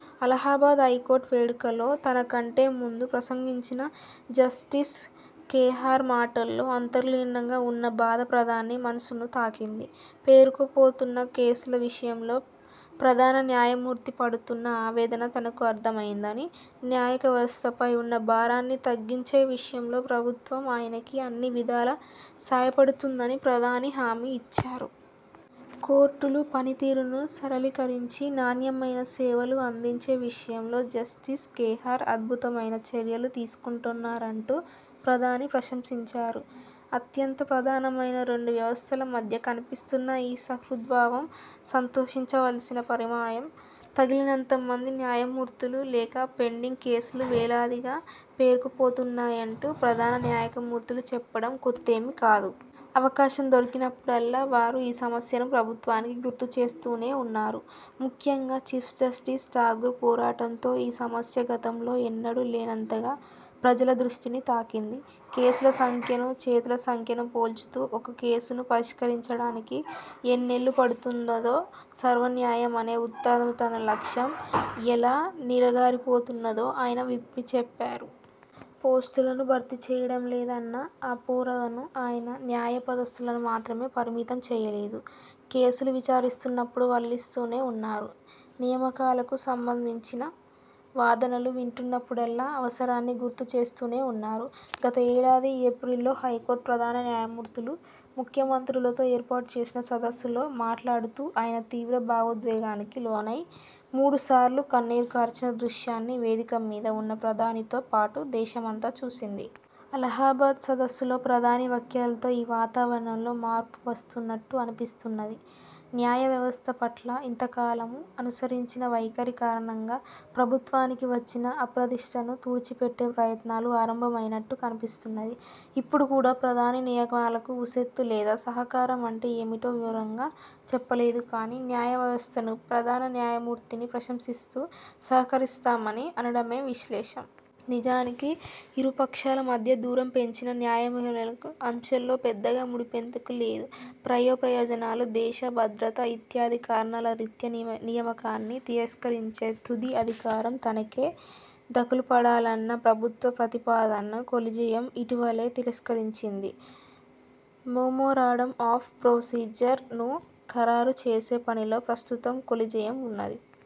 Allahabad high court వేడుకల్లో తనకంటే ముందు ప్రసంగించిన జస్టిస్ ఖేహార్ మాటల్లో అంతర్లీనంగా ఉన్న బాధ ప్రధాని మనసును తాకింది. పేరుకుపోతున్న కేసుల విషయంలో ప్రధాన న్యాయమూర్తి పడుతున్న ఆవేదన తనకు అర్థమైందనీ, న్యాయవ్యవస్థపై ఉన్న భారాన్ని తగ్గించే విషయంలో ప్రభుత్వం ఆయనకి అన్ని విధాలా సాయపడుతుందని ప్రధాని హామీ ఇచ్చారు. కోర్టుల పనితీరును సరళీకరించి, నాణ్యమైన సేవలు అందించే విషయంలో జస్టిస్ ఖేహార్ అద్భుతమైన చర్యలు తీసుకున్నారంటూ ప్రధాని ప్రశంసించారు. అత్యంత ప్రధానమైన రెండు వ్యవస్థల మధ్య కనిపిస్తున్న ఈ సుహృద్భావం సంతోషించవలసిన పరిణామం. తగినంతమంది న్యాయమూర్తులు లేక పెండింగ్ కేసులు వేలాదిగా పేకుపోతున్నాయంటూ ప్రధాన న్యాయమూర్తులు చెప్పడం కొత్తేమీ కాదు. అవకాశం దొరికినప్పుడల్లా వారు ఈ సమస్యను ప్రభుత్వానికి గుర్తుచేస్తూనే ఉన్నారు. ముఖ్యంగా, చీఫ్జస్టిస్ ఠాకూర్ పోరాటంతో ఈ సమస్య గతంలో ఎన్నడూ లేనంతగా ప్రజల దృష్టిని తాకింది. కేసుల సంఖ్యనూ, చేతుల సంఖ్యనూ పోల్చుతూ ఒక కేసును పరిష్కరించడానికి ఎన్నేళ్ళుపడుతున్నదో, సర్వన్యాయం అనే ఉదాత్తమైన లక్ష్యం ఎలా నీరుగారిపోతున్నదో ఆయన విప్పిచెప్పేవారు. పోస్టులను భర్తీ చేయడంలేదన్న ఆపరోణను ఆయన న్యాయపసదస్సులను మాత్రమే పరిమితం చేయలేదు. కేసులు విచారిస్తున్నప్పుడు వల్లిస్తూనే ఉన్నారు, నియామకాలకు సంబంధించిన వాదనలు వింటున్నప్పుడల్లా అవసరాన్ని గుర్తుచేస్తూనే ఉన్నారు. గత ఏడాది ఏప్రిల్లో హైకోర్టు ప్రధాన న్యాయమూర్తులు, ముఖ్యమంత్రులతో ఏర్పాటు చేసిన సదస్సులో మాట్లాడుతూ ఆయన తీవ్ర భావోద్వేగానికి లోనై మూడుసార్లు కన్నీరు కార్చిన దృశ్యాన్ని వేదికమీద ఉన్న ప్రధానితో పాటు దేశమంతా చూసింది. అలహాబాద్ సదస్సులో ప్రధాని వ్యాఖ్యలతో ఈ వాతావరణంలో మార్పు వస్తున్నట్టు అనిపిస్తున్నది. న్యాయవ్యవస్థ పట్ల ఇంతకాలమూ అనుసరించిన వైఖరి కారణంగా ప్రభుత్వానికి వచ్చిన అప్రదిష్టను తుడిచిపెట్టే ప్రయత్నాలు ఆరంభమైనట్టు కనిపిస్తున్నది. ఇప్పుడు కూడా ప్రధాని నియామకాల ఊసెత్తలేదు, సహకారం అంటే ఏమిటో వివరంగా చెప్పలేదు. కానీ, న్యాయవ్యవస్థను, ప్రధాన న్యాయమూర్తిని ప్రశంసిస్తూ సహకరిస్తామని అనడమే విశ్లేషం. నిజానికి, ఇరుపక్షాల మధ్యా దూరం పెంచిన న్యాయ అంశంలో పెద్దగా ముడివిడిందేమీ లేదు. 'ప్రజాప్రయోజనాలు', 'దేశ భద్రత' ఇత్యాది కారణాల రీత్యా నియామకాన్ని తిరస్కరించే తుది అధికారం తనకే దఖలుపడాలన్న ప్రభుత్వ ప్రతిపాదనను కొలీజియం ఇటీవలే తిరస్కరించింది. 'మెమోరాడం ఆఫ్ ప్రొసీజర్ 'ను ఖరారుచేసే పనిలో ప్రస్తుతం కొలీజియం ఉన్నది.